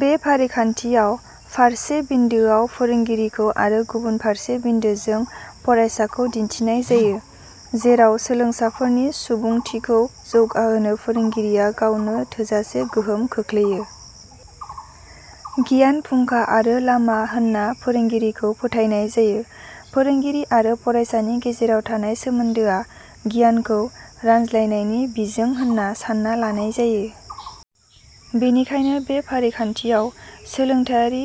बे फारिखान्थियाव फारसे बिन्दोआव फोरोंगिरिखौ आरो गुबुन मोनसे बिन्दोजों फरा‌यसाखौ दिन्थिनाय जायो। जेराव सोलोंसाफोरनि सुबुंथिखौ जौगाहोनो फोरोंगिरिया गावनो थोजासे गोहोम खोख्लैयो। गियान फुंखा आरो लामा होन्ना फोरोंगिरिखौ फोथायनाय जायो। फोरोंगिरि आरो फरायसानि गेजेराव थानाय सोमोन्दोआ गियानखौ रानज्लायनायनि बिजों होनना सानना लानाय जायो। बेनिखायनो बे फारिखान्थियाव सोलोंथायारि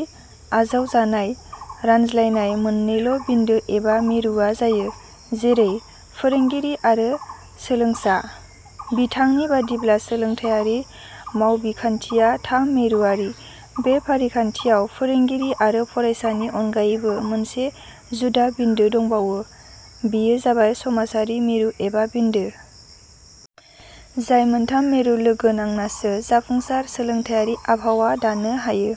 आजावजानाय-रानज्लायनाय मोननैल' बिन्दो एबा मिरुवा जायो, जेरै -फोरोंगिरि आरो सोलोंसा। बिथां नि बादिब्ला सोलोंथाइयारि मावबिखान्थिया थाम मिरुवारि। बे फारिखान्थियाव फोरोंगिरि आरो फरायसानि अनगायैबो मोनसे जुदा बिन्दो दंबावो। बेयो जाबाय समाजारि मिरु एबा बिन्दो। जाय मोन्थाम मिरु लोगो नांनासो जाफुंसार सोलोंथाइयारि आबहावा दानो हायो।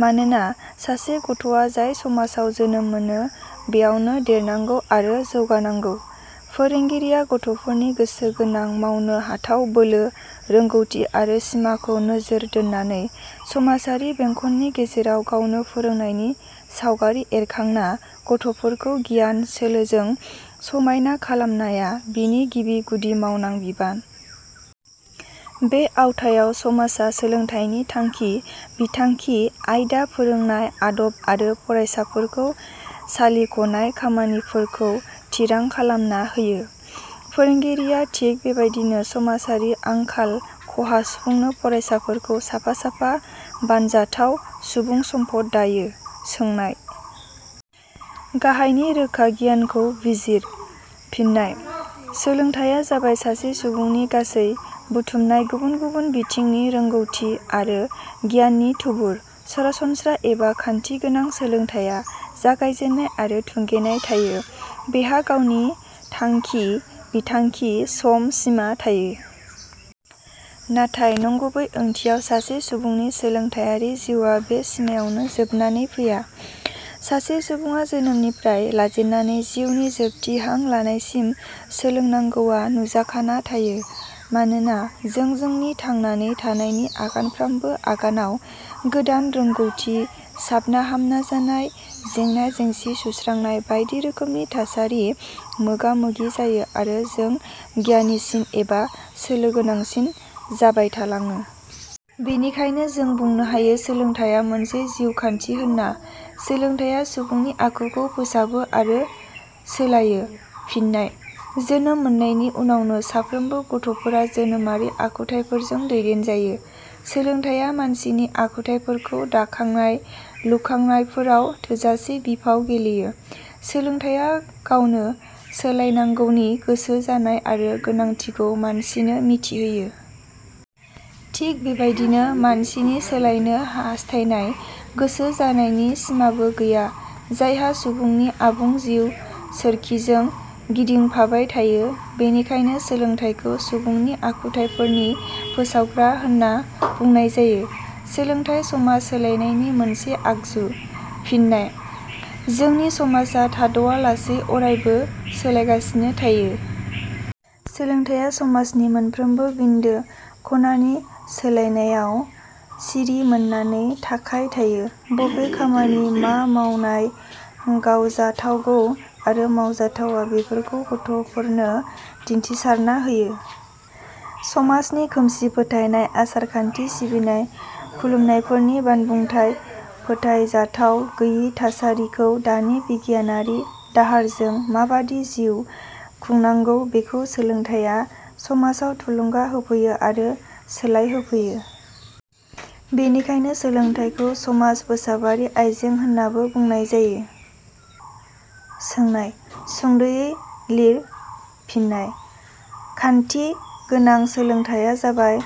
मानोना सासे गथ'वा जाय समाजाव जोनोम मोनो बेयावनो देरनांगौ आरो जौगानांगौ। फोरोंगिरिया गथ'फोरनि गोसो गोनां मावनो हाथाव बोलो, रोंगौथि आरो सिमाखौ नोजोर दोन्नानै समाजारि बेंखननि गेजेराव गावनो फोरोंनायनि सावगारि एरखांना गथ'फोरखौ गियान -सोलोजों समायना खालामनाया बिनि गिबि -गुदि मावनां बिबान। बे आवथायाव समाजा सोलोंथाइनि थांखि -बिथांखि, आयदा, फोरोंनाय आदब आरो फरायसाफोरखौ सालिख'नाय खामानिफोरखौ थिरां खालामना होयो। फोरोंगिरिया थिक बेबायदिनो समाजारि आंखाल – खहा सुफुंनो फरायसाफोरखौ साफा – साफा बानजाथाव सुबुं सम्पद दायो। सोंनाय -. गाहायनि रोखा गियानखौ बिजिर- फिन्नाय: सोलोंथाइया जाबाय सासे सुबुंनि गासै बुथुमनाय गुबुन गुबुन बिथिंनि रोंगौथि आरो गियाननि थुबुर। सरासनस्रा एबा खान्थि गोनां सोलोंथाइया जागायजेन्नाय आरो थुंगेनाय थायो। बेहा गावनि थांखि -बिथांखि, सम -सिमा थायो। नाथाय नंगुबै ओंथियाव सासे सुबुंनि सोलोंथाइयारि जिउआ बे सिमायावनो जोबनानै फैया। सासे सुुंङा जोनोमनिफ्राय लाजेननानै जिउनि जोबथि हां लानाय सिम सोलोंनांगौआ नुजाखाना थायो। मानोना जों जोंनि थांनानै थानायनि आगानफ्रामबो आगानाव गोदान रोंगौथि, साबना -हामना जानाय, जेंना -जेंसि सुस्रांनाय बायदि रोखोमनि थासारि मोगा- मोगि जायो आरो जों गियानिसिन एबा सोलोगोनांसिन जाबायथालाङो। बेनिखायनो जों बुंनो हायो सोलोंथाइया मोनसे जिउ खान्थि होन्ना। सोलोंथाइया सुबुंनि आखुखौ फोसाबो आरो सोलायो। फिन्नाय: जोनोम मोन्नायनि उनावनो साफ्रोमबो गथ'फोरा जोनोमारि आखुथाइफोरजों दैदेनजायो। सोलोंथाइया मानसिनि आखुथाइफोरखौ दाखांनाय -लुखांनायफोराव थोजासे बिफाव गेलेयो। सोलोंथाइया गावनो सोलायनांगौनि गोसो जानाय आरो गोनांथिखौ मानसिनो मिथिहोयो। थिक बेबायदिनो मानसिनि सोलायनो हास्थायनाय – गोसो जानायनि सिमाबो गैया। जायहा सुबुंनि आबुं जिउ सोरखिजों गिदिंफाबाय थायो। बेनिखायनो सोलोंथाइखौ सुबुंनि आखुथायफोरनि फोसावग्रा होन्ना बुनाय जायो। सोलोंथाइ समाज सोलायनायनि मोनसे आगजु। फिन्नाय: जोंनि समाजा थाद'वा लासै अरायबो सोलायगासिनो थायो। सोलोंथाइया समाजनि मोनफ्रोमबो बिन्दो – ख 'नानि सोलायनायाव सिरि मोननानै थाखाय थायो। बबे खामानि मा समाव गावजाथावगौ आरो मावजाथावा बेफोरखौ गथ'फोरनो दिन्थिसारना होयो। समाजनि खोमसि फोथायनाय, आसार -खान्थि, सिबिनाय – खुलुमनायफोरनि बानबुंथाय फोथायजाथाव गैयि थासारिखौ दानि बिगियानआरि दाहारजों माबादि जिउ – खुंनांगौ बेखौ सोलोंथाइया समाजाव थुलुंगा होफैयो आरो सोलायहोफैयो। बेनिखायनो सोलोंथाइखौ समाज फोसाबारि आइजें होन्नाबो बुंनाय जायो। सोंनाय-, सुंदयै लिर फिन्नाय: खान्थि गोनां सोलोंथाइया जाबाय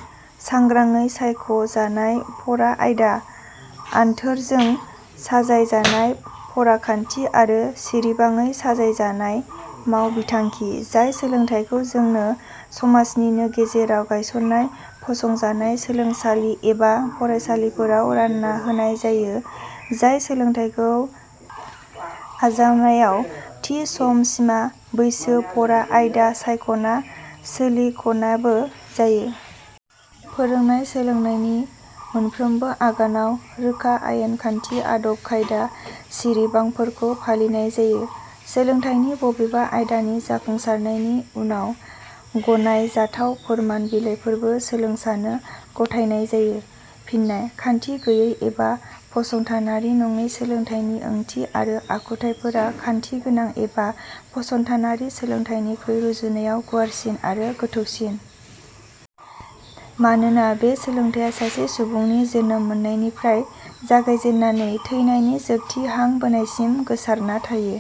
सांग्रांङै सायख 'जानाय फरा आयदा, आनथोरजों साजाय जानाय फराखान्थि आरो सिरिबाङै साजायजानाय माव – बिथांखि। जाय सोलोंथाइखौ जोंनो समाजनिनो गेजेराव गायसननाय -फसंजानाय सोलोंसालि एबा फरायसालिफोराव रान्ना होनाय जायो -जाय सोलोंथाइखौ आजावनायाव थि सम -सिमा, बैसो, फरा -आयदा, सायख 'ना – सोलिखनाबो जायो। फोरोंनाय सोलोंनायनि मोनफ्रोमबो आगानाव रोखा आयेन -खान्थि, आदब-खायदा, सिरिबांफोरखौ फालिनाय जायो। सोलोंथाइनि बबेबा आयदानि जाफुंसारनायनि उनाव गनाय जाथाव फोरमान बिलाइफोरबो सोलोंसानो गथायनाय जायो। फिननाय: खान्थि गैयै एबा फसंथानारि नङि सोलोंथाइनि ओंथि आरो आखुथाइफोरा खान्थि गोनां एबा फसंथानारि सोलोंथाइनिख्रुइ रुजुनायाव गुवारसिन आरो गोथौसिन। मानोना बे सोलोंथाइया सासे सुबुंनि जोनोम मोन्नायनिफ्राय जागायजेन्नानै थैनायनि जोबथि हां बोनायसिम गोसारना थायो।